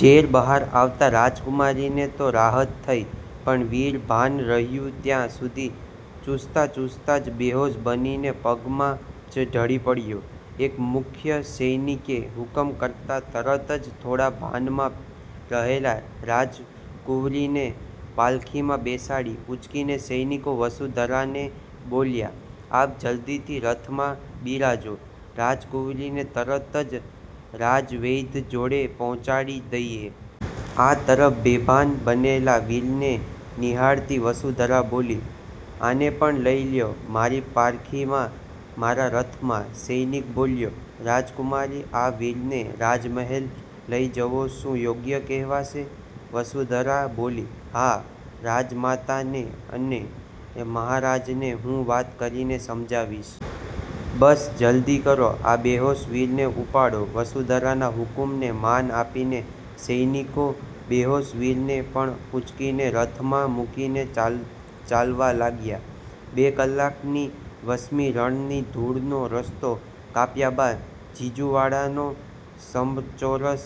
ઝેર બહાર આવતાં રાજકુમારીને તો રાહત થઈ, પણ વીર ભાન રહ્યુ ત્યાં સુધી ચૂસતાં-ચૂસતાં જ બેહોશ બનીને પગમાં જ ઢળી પડ્યો. એક મુખ્ય સૈનિકે હુકમ કરતાં તરત જ થોડાં ભાનમાં રહેલાં રાજકુંવરીને પાલખીમાં બેસાડી ઉંચકીને સૈનિકો વસુંધરાને બોલ્યાં,"આપ જલ્દીથી રથમાં બિરાજો, રાજકુંવરીને તરત જ રાજવૈદ્ય જોડે પહોંચાડી દઈએ." આ તરફ બેભાન બનેલા વીરને નિહાળતી વસુંધરા બોલી,"આને પણ લઈ લ્યો મારી પાલખીમાં મારાં રથમાં." સૈનિક બોલ્યો,"રાજકુમારી આ વીરને રાજમહેલ લઈ જવો શું યોગ્ય કહેવાશે?" વસુંધરા બોલી,"હા રાજમાતાને અને મહારાજને હું વાત કરીને સમજાવીશ. બસ જલ્દી કરો આ બેહોશ વીરને ઉપાડો." વસુંધરાનાં હુકમને માન આપીને સૈનિકો બેહોશ વીરને પણ ઉંચકીને રથમાં મૂકીને ચાલવા લાગ્યાં. બે કલાકની વસમી રણની ધૂળનો રસ્તો કાપ્યા બાદ ઝીંઝુવાડાનો સમચોરસ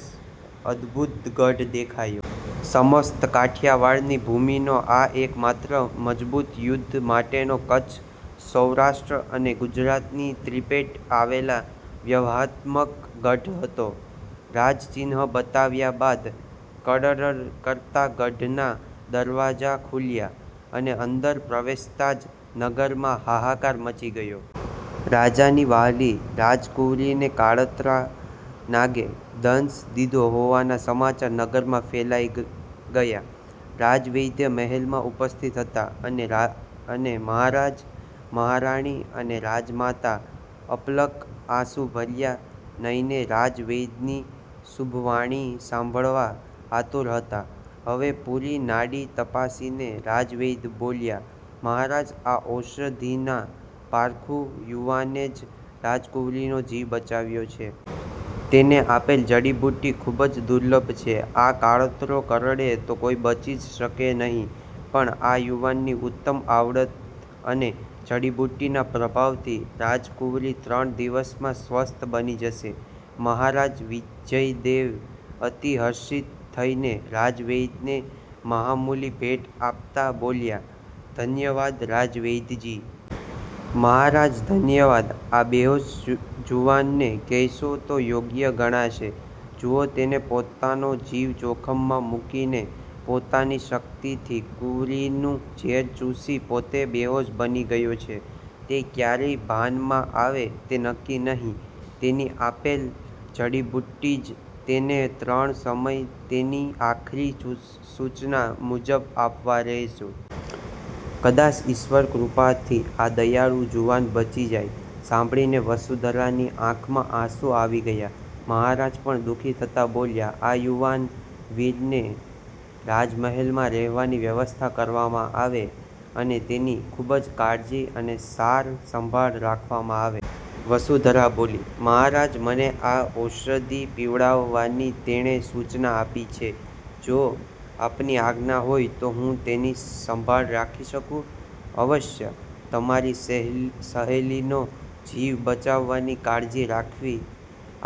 અદભુત ગઢ દેખાયો. સમસ્ત કાઠિયાવાડની ભૂમિનો આ એકમાત્ર મજબૂત યુદ્ધ માટેનો કચ્છ, સૌરાષ્ટ્ર અને ગુજરાતની ત્રિભેટે આવેલ વ્યૂહાત્મક ગઢ હતો. રાજચિહ્ન બતાવ્યા બાદ કડડડ કરતાં ગઢનાં દરવાજા ખુલ્યાં, અને અંદર પ્રવેશતાં જ નગરમાં હાહાકાર મચી ગયો. રાજાની વ્હાલી રાજકુંવરીને કાળોતરા નાગે દંશ દીધો હોવાના સમાચાર નગરમાં ફેલાઈ ગયાં. રાજવૈદ્ય મહેલમાં ઉપસ્થિત હતાં, અને મહારાજ, મહારાણી, અને રાજમાતાં અપલક આસુંભર્યા નયને રાજવૈદ્યની શુભવાણી સાંભળવા આતુર હતાં. હવે પુરી નાડી તપાસીને રાજવૈદ્ય બોલ્યાં,"મહારાજ આ ઔષઘીના પારખું યુવાને જ રાજકુંવરીનો જીવ બચાવ્યો છે. તેને આપેલ જડીબુટ્ટી ખુબ જ દુર્લભ છે. આ કાળોતરો કરડે તો કોઈ બચી જ શકે નહીં, પણ આ યુવાનની ઉત્તમ આવડત અને જડીબુટ્ટીના પ્રભાવથી રાજકુંવરી ત્રણ દિવસમાં સ્વસ્થ બની જશે." મહારાજ વિજયદેવ અતિ હર્ષિત થઈને રાજવૈદ્યને મહામૂલી ભેટ આપતાં બોલ્યાં,"ધન્યવાદ રાજવૈદ્યજી." મહારાજ ધન્યવાદ આ બેહોશ જુવાનને કહેશો તો યોગ્ય ગણાશે. જુવો તેને પોતાનો જીવ જોખમમાં મૂકીને પોતાની શક્તિથી કુંવરીનું ઝેર ચૂસી પોતે બેહોશ બની ગયો છે. તે કયારે ભાનમાં આવે તે નકકી નહીં. તેની આપેલ જડીબુટ્ટી જ તેને ત્રણ સમય તેની આખરી સૂચના મુજબ આપતાં રહેજો. કદાચ ઈશ્વરકૃપાથી આ દયાળુ જુવાન બચી જાય." સાંભળીને વસુંધરાની આંખમાં આંસું આવી ગયાં. મહારાજ પણ દુખી થતાં બોલ્યાં,"આ યુવાન વીરની રાજમહેલમાં રહેવાની વ્યવસ્થા કરવામાં આવે, અને તેની ખુબ કાળજી અને સાર સંભાળ રાખવામાં આવે." વસુંધરા બોલી,"મહારાજ મને આ ઔષધિ પીવડાવવાની તેણે સૂચના આપી છે. જો આપની આજ્ઞા હોય તો હું તેની સંભાળ રાખી શકું?" "અવશ્ય. તમારી સહેલીનો જીવ બચાવનારની કાળજી રાખવી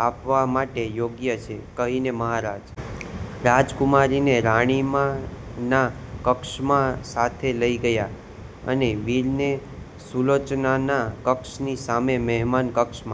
આપના માટે યોગ્ય છે." કહીને મહારાજ રાજકુમારીને રાણીમાના કક્ષમાં સાથે લઈ ગયાં અને વીરને સુલોચનાના કક્ષની પાસે મહેમાન કક્ષમાં